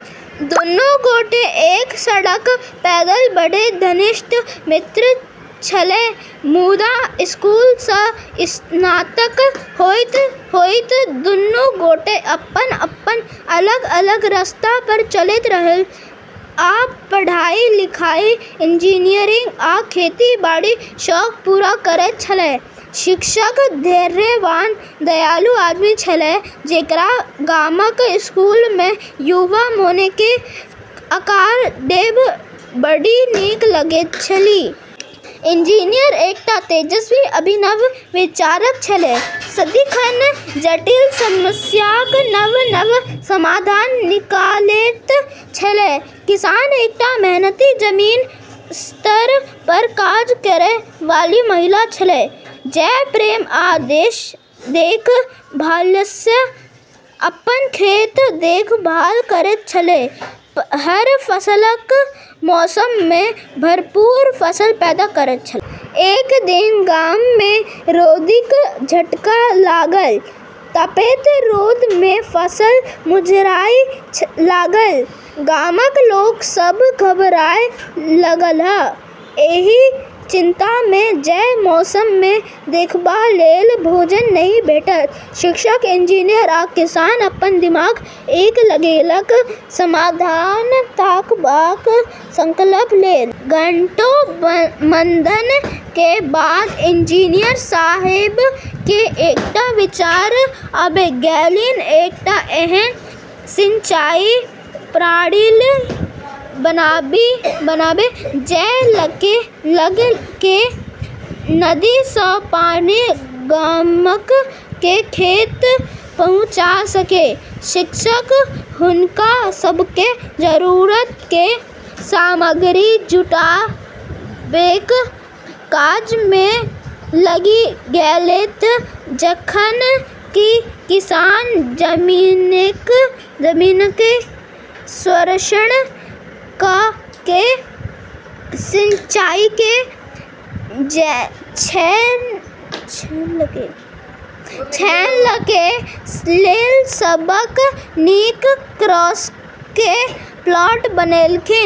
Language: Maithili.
दुन्नू गोटे एक सङ्ग पलैत-बढ़ैत घनिष्ठ मित्र छलाह, मुदा स्कूलसँ स्नातक होइत-होइत दुन्नू गोटे अपन-अपन अलग-अलग रस्ता पर चलैत रहलाह आ पढ़ाइ -लिखाi -लिखाइ, इंजीनियरिंग, आ खेती-बाड़ीक शौककेँ पूरा करैत छलाह। शिक्षक धैर्यवान, दयालु आदमी छलाह, जेकरा गामक स्कूलमे युवा मोनकेँ आकार देब' बड्ड नीक लगैत छलनि। इंजीनियर एकटा तेजस्वी, अभिनव विचारक छलाह, सदिखन जटिल समस्याक नव-नव समाधान निकालैत छलाह। किसान एकटा मेहनती, जमीनी स्तर पर काज करय वाली महिला छलीह जे प्रेम आ देखभालसँ अपन खेतक देखभाल करैत छलीह, हर फसलक मौसममे भरपूर फसल पैदा करैत छलीह। एक दिन गाममे रौदीक झटका लागल, तपैत रौदमे फसल मुरझाइ लागल। गामक लोक सभ घबराए लगलाह, एहि चिन्तामे जे मौसममे देखबा लेल भोजन नहि भेटत। शिक्षक, इंजीनियर, आ किसान अपन दिमाग एक सङ्ग लगेलक, समाधान ताकबाक संकल्प लेल। घंटों मंथनके बाद इंजीनियर साहेबके एकटा विचार आबि गेलनि एकटा एहन सिंचाई प्रणाली बनाबी जे लगके नदीसँ पानि गामके खेतमे पहुँचा सकै। शिक्षक हुनका सबके जरूरतके सामग्री जुटाबैके काजमे लागि गेलैथ, जखन कि किसान जमीनके सर्वेक्षण क' सिंचाइके चैनलके लेल सबसँ नीक कोर्सके प्लॉट बनौलखिन।